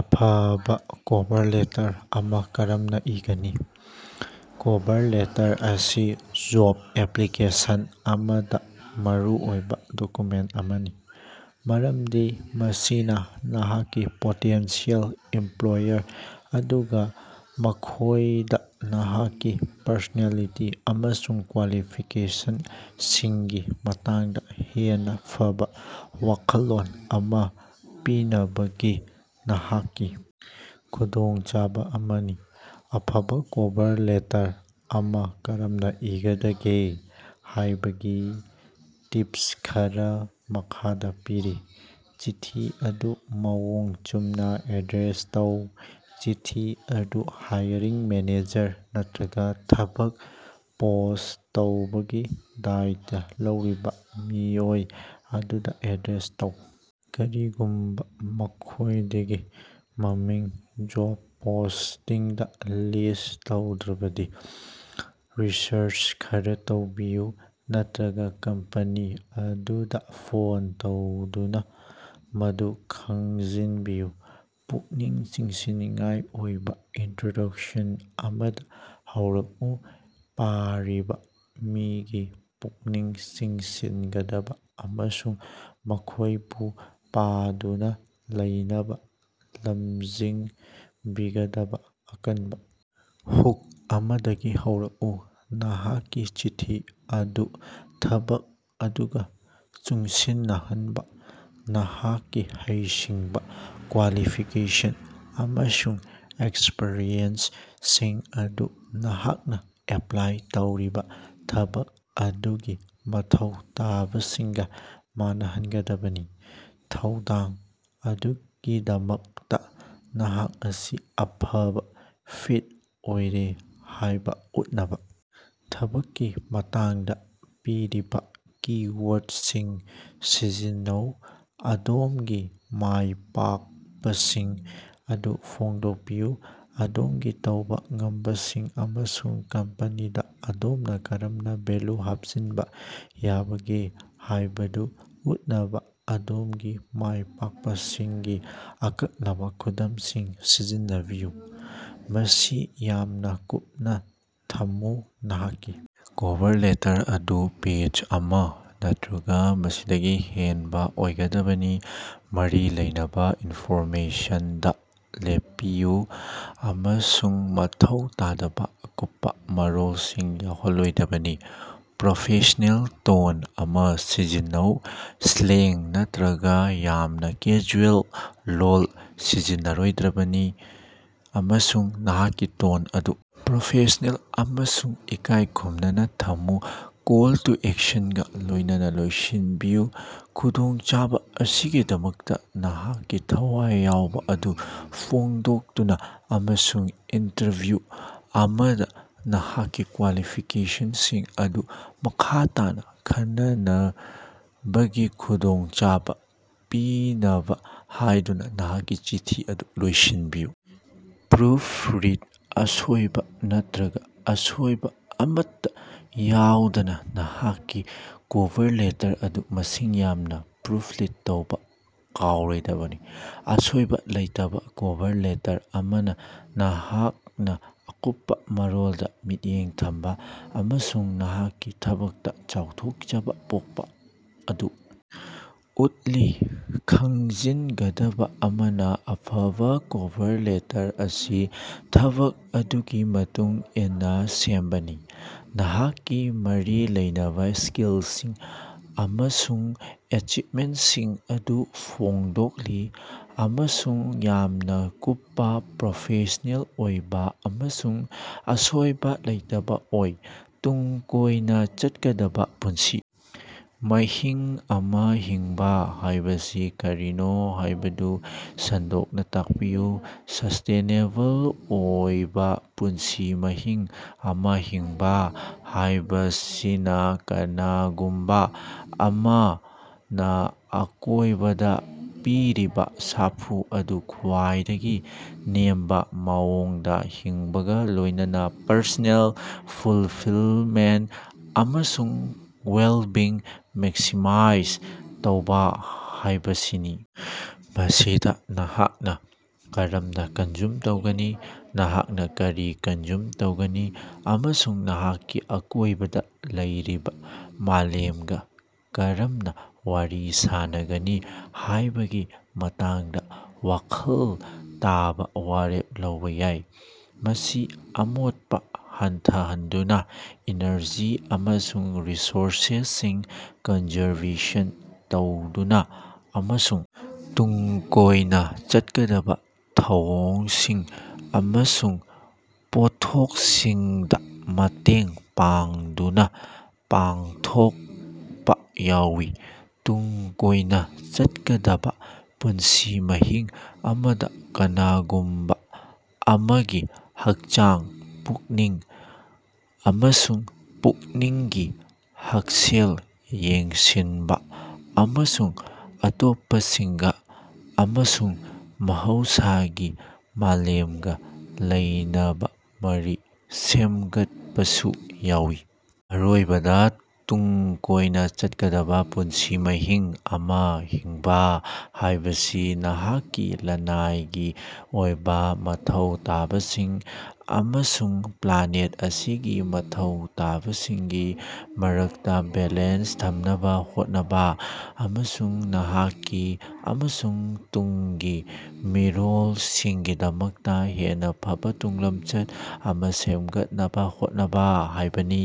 ꯑꯐꯕꯥ cover letter ꯑꯃꯥ ꯀꯔꯝꯅꯥ ꯏꯒꯅꯤ? ꯀꯣꯚꯔ ꯂꯦꯇꯔ ꯑꯁꯤ ꯖꯣꯕ ꯑꯦꯞꯄ꯭ꯂꯤꯀꯦꯁꯟ ꯑꯃꯗꯥ ꯃꯔꯨꯑꯣꯏꯕꯥ ꯗꯣꯀ꯭ꯌꯨꯃꯦꯟ ꯑꯃꯅꯤ, ꯃꯔꯝꯗꯤ ꯃꯁꯤꯅꯥ ꯅꯍꯥꯛꯀꯤ ꯄꯣꯇꯦꯟꯁꯤꯑꯦꯜ ꯏꯝꯄ꯭ꯂꯣꯌꯔ ꯑꯗꯨꯒꯥ ꯃꯈꯣꯏꯗꯥ ꯅꯍꯥꯛꯀꯤ ꯄꯔꯁꯣꯅꯦꯂꯤꯇꯤ ꯑꯃꯁꯨꯡ ꯀ꯭ꯋꯥꯂꯤꯐꯤꯀꯦꯁꯟꯁꯤꯡꯒꯤ ꯃꯇꯥꯡꯗꯥ ꯍꯦꯟꯅꯥ ꯐꯕꯥ ꯋꯥꯈꯜꯂꯣꯟ ꯑꯃꯥ ꯄꯤꯅꯕꯒꯤ ꯅꯍꯥꯛꯀꯤ ꯈꯨꯗꯣꯡꯆꯥꯕꯥ ꯑꯃꯅꯤ꯫ ꯑꯐꯕꯥ ꯀꯣꯚꯔ ꯂꯦꯇꯔ ꯑꯃꯥ ꯀꯔꯝꯅꯥ ꯏꯒꯗꯒꯦ ꯍꯥꯏꯕꯒꯤ ꯇꯤꯞꯁ ꯈꯔꯥ ꯃꯈꯥꯗꯥ ꯄꯤꯔꯤ: ꯆꯤꯊꯤ ꯑꯗꯨ ꯃꯑꯣꯡ ꯆꯨꯝꯅꯥ ꯑꯦꯗ꯭ꯔꯦꯁ ꯇꯧ: ꯆꯤꯊꯤ ꯑꯗꯨ ꯍꯥꯏꯔꯤꯡ ꯃꯦꯅꯦꯖꯔ ꯅꯠꯇ꯭ꯔꯒꯥ ꯊꯕꯛ ꯄꯣꯁ ꯇꯧꯕꯒꯤ ꯗꯥꯏꯇꯥ ꯂꯧꯔꯤꯕꯥ ꯃꯤꯑꯣꯏ ꯑꯗꯨꯗꯥ ꯑꯦꯗ꯭ꯔꯦꯁ ꯇꯧ꯫ ꯀꯔꯤꯒꯨꯝꯕꯥ ꯃꯈꯣꯏꯗꯒꯤ ꯃꯃꯤꯡ ꯖꯣꯕ ꯄꯣꯁꯇꯤꯡꯗꯥ ꯂꯤꯁ ꯇꯧꯗ꯭ꯔꯕꯗꯤ, ꯔꯤꯁꯔꯆ ꯈꯔꯥ ꯇꯧꯕꯤꯌꯨ ꯅꯠꯇ꯭ꯔꯒ ꯀꯝꯄꯅꯤ ꯑꯗꯨꯗꯥ ꯐꯣꯟ ꯇꯧꯗꯨꯅꯥ ꯃꯗꯨ ꯈꯪꯖꯤꯟꯕꯤꯌꯨ꯫ ꯄꯨꯛꯅꯤꯡ ꯆꯤꯡꯁꯤꯟꯅꯤꯡꯉꯥꯏ ꯑꯣꯏꯕꯥ ꯏꯟꯇ꯭ꯔꯣꯗ꯭ꯌꯨꯁꯟ ꯑꯃꯗ ꯍꯧꯔꯛꯎ: ꯄꯥꯔꯤꯕꯥ ꯃꯤꯒꯤ ꯄꯨꯛꯅꯤꯡ ꯆꯤꯡꯁꯤꯟꯒꯗꯕꯥ ꯑꯃꯁꯨꯡ ꯃꯈꯣꯏꯕꯨ ꯄꯥꯗꯨꯅꯥ ꯂꯩꯅꯕꯥ ꯂꯝꯖꯤꯡꯕꯤꯒꯗꯕꯥ ꯑꯀꯟꯕꯥ ꯍꯨꯛ ꯑꯃꯗꯒꯤ ꯍꯧꯔꯛꯎ꯫ ꯅꯍꯥꯛꯀꯤ ꯆꯤꯊꯤ ꯑꯗꯨ ꯊꯕꯛ ꯑꯗꯨꯒꯥ ꯆꯨꯡꯁꯤꯟꯅꯍꯅꯕꯥ: ꯅꯍꯥꯛꯀꯤ ꯍꯩꯁꯤꯡꯕꯥ, ꯀ꯭ꯋꯥꯂꯤꯐꯤꯀꯦꯁꯟ ꯑꯃꯁꯨꯡ ꯑꯦꯛꯁꯄ꯭ꯔꯤꯌꯦꯟꯁ ꯁꯤꯡ ꯑꯗꯨ ꯅꯍꯥꯛꯅꯥ ꯑꯦꯄ꯭ꯂꯥꯏ ꯇꯧꯔꯤꯕꯥ ꯊꯕꯛ ꯑꯗꯨꯒꯤ ꯃꯊꯧ ꯇꯥꯕꯁꯤꯡꯒꯥ ꯃꯥꯟꯅꯍꯟꯒꯗꯕꯅꯤ꯫ ꯊꯧꯗꯥꯡ ꯑꯗꯨꯒꯤꯗꯃꯛꯇꯥ ꯅꯍꯥꯛ ꯑꯁꯤ ꯑꯐꯕꯥ ꯐꯤꯠ ꯑꯣꯏꯔꯦ ꯍꯥꯏꯕꯥ ꯎꯠꯅꯕꯥ ꯊꯕꯛꯀꯤ ꯃꯇꯥꯡꯗꯥ ꯄꯤꯔꯤꯕꯥ ꯀꯤ-ꯋꯥꯔꯗꯁꯤꯡ ꯁꯤꯖꯤꯟꯅꯧ꯫ ꯑꯗꯣꯝꯒꯤ ꯃꯥꯏ ꯄꯥꯛꯄꯁꯤꯡ ꯑꯗꯨ ꯐꯣꯡꯗꯣꯛꯄꯤꯌꯨ: ꯑꯗꯣꯝꯒꯤ ꯇꯧꯕꯥ ꯉꯝꯕꯁꯤꯡ ꯑꯃꯁꯨꯡ ꯀꯝꯄꯦꯅꯤꯗꯥ ꯑꯗꯣꯝꯅꯥ ꯀꯔꯝꯅꯥ ꯚꯦꯜꯌꯨ ꯍꯥꯞꯆꯤꯟꯕꯥ ꯌꯥꯕꯒꯦ ꯍꯥꯏꯕꯗꯨ ꯎꯠꯅꯕꯥ ꯑꯗꯣꯝꯒꯤ ꯃꯥꯏ ꯄꯥꯛꯄꯁꯤꯡꯒꯤ ꯑꯀꯛꯅꯕꯥ ꯈꯨꯗꯝꯁꯤꯡ ꯁꯤꯖꯤꯟꯅꯕꯤꯌꯨ꯫ ꯃꯁꯤ ꯌꯥꯝꯅꯥ ꯀꯨꯞꯅꯥ ꯊꯝꯃꯨ: ꯅꯍꯥꯛꯀꯤ ꯀꯚꯔ ꯂꯦꯇꯔ ꯑꯗꯨ ꯄꯦꯖ ꯑꯃꯥ ꯅꯠꯇ꯭ꯔꯒꯥ ꯃꯁꯤꯗꯒꯤ ꯍꯦꯟꯕꯥ ꯑꯣꯏꯒꯗꯕꯅꯤ꯫ ꯃꯔꯤ ꯂꯩꯅꯕꯥ ꯏꯟꯐꯣꯔꯃꯦꯁꯟꯗꯥ ꯂꯦꯞꯄꯤꯌꯨ ꯑꯃꯁꯨꯡ ꯃꯊꯧ ꯇꯥꯗꯕꯥ ꯑꯀꯨꯞꯄꯥ ꯃꯔꯣꯜꯁꯤꯡ ꯌꯥꯎꯍꯜꯂꯣꯏꯗꯕꯅꯤ꯫ ꯄ꯭ꯔꯣꯐꯦꯁꯅꯦꯜ ꯇꯣꯟ ꯑꯃꯥ ꯁꯤꯖꯤꯟꯅꯧ: ꯁ꯭ꯂꯦꯡ ꯅꯠꯇ꯭ꯔꯒꯥ ꯌꯥꯝꯅꯥ ꯀꯦꯖꯨꯑꯦꯜ ꯂꯣꯜ ꯁꯤꯖꯤꯟꯅꯔꯣꯏꯗꯕꯅꯤ, ꯑꯃꯁꯨꯡ ꯅꯍꯥꯛꯀꯤ ꯇꯣꯟ ꯑꯗꯨ ꯄ꯭ꯔꯣꯐꯦꯁꯅꯦꯜ ꯑꯃꯁꯨꯡ ꯏꯀꯥꯏ ꯈꯨꯝꯅꯅꯥ ꯊꯝꯃꯨ꯫ ꯀꯣꯜ ꯇꯨ ꯑꯦꯛꯁꯟꯒꯥ ꯂꯣꯏꯅꯅꯥ ꯂꯣꯏꯁꯤꯟꯕꯤꯌꯨ: ꯈꯨꯗꯣꯡꯆꯕ ꯑꯁꯤꯒꯤꯗꯃꯛꯇꯥ ꯅꯍꯥꯛꯀꯤ ꯊꯋꯥꯏ ꯌꯥꯎꯕꯥ ꯑꯗꯨ ꯐꯣꯡꯗꯣꯛꯇꯨꯅꯥ ꯑꯃꯁꯨꯡ ꯏꯟꯇꯔꯚ꯭ꯌꯨ ꯑꯃꯗꯥ ꯅꯍꯥꯛꯀꯤ ꯀ꯭ꯋꯥꯂꯤꯐꯤꯀꯦꯁꯟꯁꯤꯡ ꯑꯗꯨ ꯃꯈꯥ ꯇꯥꯅꯥ ꯈꯟꯅꯕꯒꯤ ꯈꯨꯗꯣꯡꯆꯕ ꯄꯤꯅꯕꯥ ꯍꯥꯏꯗꯨꯅꯥ ꯅꯍꯥꯛꯀꯤ ꯆꯤꯊꯤ ꯑꯗꯨ ꯂꯣꯏꯁꯤꯟꯕꯤꯌꯨ꯫ ꯄ꯭ꯔꯨꯐ ꯔꯤꯗ: ꯑꯁꯣꯏꯕꯥ ꯅꯠꯇ꯭ꯔꯒꯥ ꯑꯁꯣꯏꯕꯥ ꯑꯃꯠꯇꯥ ꯌꯥꯎꯗꯅꯥ ꯅꯍꯥꯛꯀꯤ ꯀꯣꯚꯔ ꯂꯦꯇꯔ ꯑꯗꯨ ꯃꯁꯤꯡ ꯌꯥꯝꯅ ꯄ꯭ꯔꯨꯐ ꯔꯤꯗ ꯇꯧꯕꯥ ꯀꯥꯎꯔꯣꯏꯗꯕꯅꯤ꯫ ꯑꯁꯣꯏꯕ ꯂꯩꯇꯕ ꯀꯣꯚꯔ ꯂꯦꯇꯔ ꯑꯃꯅ ꯅꯍꯥꯛꯅ ꯑꯀꯨꯞꯄꯥ ꯃꯔꯣꯜꯗ ꯃꯤꯠꯌꯦꯡ ꯊꯝꯕꯥ ꯑꯃꯁꯨꯡ ꯅꯍꯥꯛꯀꯤ ꯊꯕꯛꯇꯥ ꯆꯥꯎꯊꯣꯛꯆꯕ ꯄꯣꯛꯄꯥ ꯑꯗꯨ ꯎꯠꯂꯤ꯫ ꯈꯪꯖꯤꯟꯒꯗꯕꯥ ꯑꯃꯅꯥ, ꯑꯐꯕꯥ ꯀꯚꯔ ꯂꯦꯇꯔ ꯑꯁꯤ ꯊꯕꯛ ꯑꯗꯨꯒꯤ ꯃꯇꯨꯡ ꯏꯟꯅꯥ ꯁꯦꯝꯕꯅꯤ, ꯅꯍꯥꯛꯀꯤ ꯃꯔꯤ ꯂꯩꯅꯕꯥ ꯁ꯭ꯀꯤꯜꯁꯤꯡ ꯑꯃꯁꯨꯡ ꯑꯦꯆꯤꯕꯃꯦꯟꯇꯁꯤꯡ ꯑꯗꯨ ꯐꯣꯡꯗꯣꯛꯂꯤ ꯑꯃꯁꯨꯡ ꯌꯥꯝꯅꯥ ꯀꯨꯞꯄꯥ, ꯄ꯭ꯔꯣꯐꯦꯁꯅꯦꯜ ꯑꯣꯏꯕ ꯑꯃꯁꯨꯡ ꯑꯁꯣꯏꯕꯥ ꯂꯩꯇꯕꯥ ꯑꯣꯏ꯫ ꯇꯨꯡ ꯀꯣꯏꯅꯥ ꯆꯠꯀꯗꯕꯥ ꯄꯨꯟꯁꯤ ꯃꯍꯤꯡ ꯑꯃꯥ ꯍꯤꯡꯕꯥ ꯍꯥꯏꯕꯁꯤ ꯀꯔꯤꯅꯣ ꯍꯥꯏꯕꯗꯨ ꯁꯟꯗꯣꯛꯅꯥ ꯇꯥꯛꯄꯤꯌꯨ꯫ ꯁꯁ꯭ꯇꯦꯅꯦꯕꯜ ꯑꯣꯏꯕꯥ ꯄꯨꯟꯁꯤ ꯃꯍꯤꯡ ꯑꯃꯥ ꯍꯤꯡꯕꯥ ꯍꯥꯏꯕꯁꯤꯅꯥ ꯀꯅꯥꯒꯨꯝꯕꯥ ꯑꯃꯅꯥ ꯑꯀꯣꯏꯕꯗ ꯄꯤꯔꯤꯕꯥ ꯁꯥꯐꯨ ꯑꯗꯨ ꯈ꯭ꯋꯥꯏꯗꯒꯤ ꯅꯦꯝꯕꯥ ꯃꯑꯣꯡꯗꯥ ꯍꯤꯡꯕꯒꯥ ꯂꯣꯏꯅꯅꯥ ꯄꯔꯁꯣꯅꯦꯜ ꯐꯨꯜꯐꯤꯜꯃꯦꯟ ꯑꯃꯁꯨꯡ ꯋꯦꯜꯕꯤꯡ ꯃꯦꯛꯁꯤꯃꯥꯏꯖ ꯇꯧꯕꯥ ꯍꯥꯏꯕꯁꯤꯅꯤ꯫ ꯃꯁꯤꯗꯥ ꯅꯍꯥꯛꯅꯥ ꯀꯔꯝꯅꯥ ꯀꯟꯖ꯭ꯌꯨꯝ ꯇꯧꯒꯅꯤ, ꯅꯍꯥꯛꯅꯥ ꯀꯔꯤ ꯀꯟꯖ꯭ꯌꯨꯝ ꯇꯧꯒꯅꯤ ꯑꯃꯁꯨꯡ ꯅꯍꯥꯛꯀꯤ ꯑꯀꯣꯏꯕꯗ ꯂꯩꯔꯤꯕꯥ ꯃꯥꯂꯦꯝꯒꯥ ꯀꯔꯝꯅꯥ ꯋꯥꯔꯤ ꯁꯥꯅꯒꯅꯤ ꯍꯥꯏꯕꯒꯤ ꯃꯇꯥꯡꯗ ꯋꯥꯈꯜ ꯇꯕꯥ ꯋꯥꯔꯦꯞ ꯂꯧꯕꯥ ꯌꯥꯏ꯫ ꯃꯁꯤ ꯑꯃꯣꯠꯄꯥ ꯍꯟꯊꯍꯟꯗꯨꯅꯥ, ꯏꯅꯔꯖꯤ ꯑꯃꯁꯨꯡ ꯔꯤꯁꯣꯔꯁꯁꯤꯡ ꯀꯟꯖꯔꯕꯦꯁꯟ ꯇꯧꯗꯨꯅꯥ ꯑꯃꯁꯨꯡ ꯇꯨꯡ ꯀꯣꯏꯅꯥ ꯆꯠꯀꯗꯕꯥ ꯊꯧꯑꯣꯡꯁꯤꯡ ꯑꯃꯁꯨꯡ ꯄꯣꯠꯊꯣꯛꯁꯤꯡꯗꯥ ꯃꯇꯦꯡ ꯄꯥꯡꯗꯨꯅꯥ ꯄꯥꯡꯊꯣꯛꯄꯥ ꯌꯥꯎꯏ꯫ ꯇꯨꯡ ꯀꯣꯏꯅꯥ ꯆꯠꯀꯗꯕꯥ ꯄꯨꯟꯁꯤ ꯃꯍꯤꯡ ꯑꯃꯗꯥ ꯀꯅꯥꯒꯨꯝꯕꯥ ꯑꯃꯒꯤ ꯍꯛꯆꯥꯡ, ꯄꯨꯛꯅꯤꯡ ꯑꯃꯁꯨꯡ ꯄꯨꯛꯅꯤꯡꯒꯤ ꯍꯛꯁꯦꯜ ꯌꯦꯡꯁꯤꯟꯕꯥ ꯑꯃꯁꯨꯡ ꯑꯇꯣꯞꯄꯁꯤꯡꯒꯥ ꯑꯃꯁꯨꯡ ꯃꯍꯧꯁꯥꯒꯤ ꯃꯥꯂꯦꯝꯒꯥ ꯂꯩꯅꯕꯥ ꯃꯔꯤ ꯁꯦꯝꯒꯠꯄꯁꯨ ꯌꯥꯎꯏ꯫ ꯑꯔꯣꯏꯕꯗꯥ, ꯇꯨꯡ ꯀꯣꯏꯅꯥ ꯆꯠꯀꯗꯕꯥ ꯄꯨꯟꯁꯤ ꯃꯍꯤꯡ ꯑꯃꯥ ꯍꯤꯡꯕꯥ ꯍꯥꯏꯕꯁꯤ ꯅꯍꯥꯛꯀꯤ ꯂꯅꯥꯏꯒꯤ ꯑꯣꯏꯕꯥ ꯃꯊꯧ ꯇꯥꯕꯁꯤꯡ ꯑꯃꯁꯨꯡ ꯄ꯭ꯂꯥꯅꯦꯠ ꯑꯁꯤꯒꯤ ꯃꯊꯧ ꯇꯥꯕꯁꯤꯡꯒꯤ ꯃꯔꯛꯇꯥ ꯕꯦꯂꯦꯟꯁ ꯊꯝꯅꯕꯥ ꯍꯣꯠꯅꯕꯥ, ꯑꯃꯁꯨꯡ ꯅꯍꯥꯛꯀꯤ ꯑꯃꯁꯨꯡ ꯇꯨꯡꯒꯤ ꯃꯤꯔꯣꯜ ꯁꯤꯡꯒꯤꯗꯃꯛꯇꯥ ꯍꯦꯟꯅꯥ ꯐꯕꯥ ꯇꯨꯡꯂꯝꯆꯠ ꯑꯃꯥ ꯁꯦꯃꯒꯠꯅꯕꯥ ꯍꯣꯠꯅꯕꯥ ꯍꯥꯏꯕꯅꯤ꯫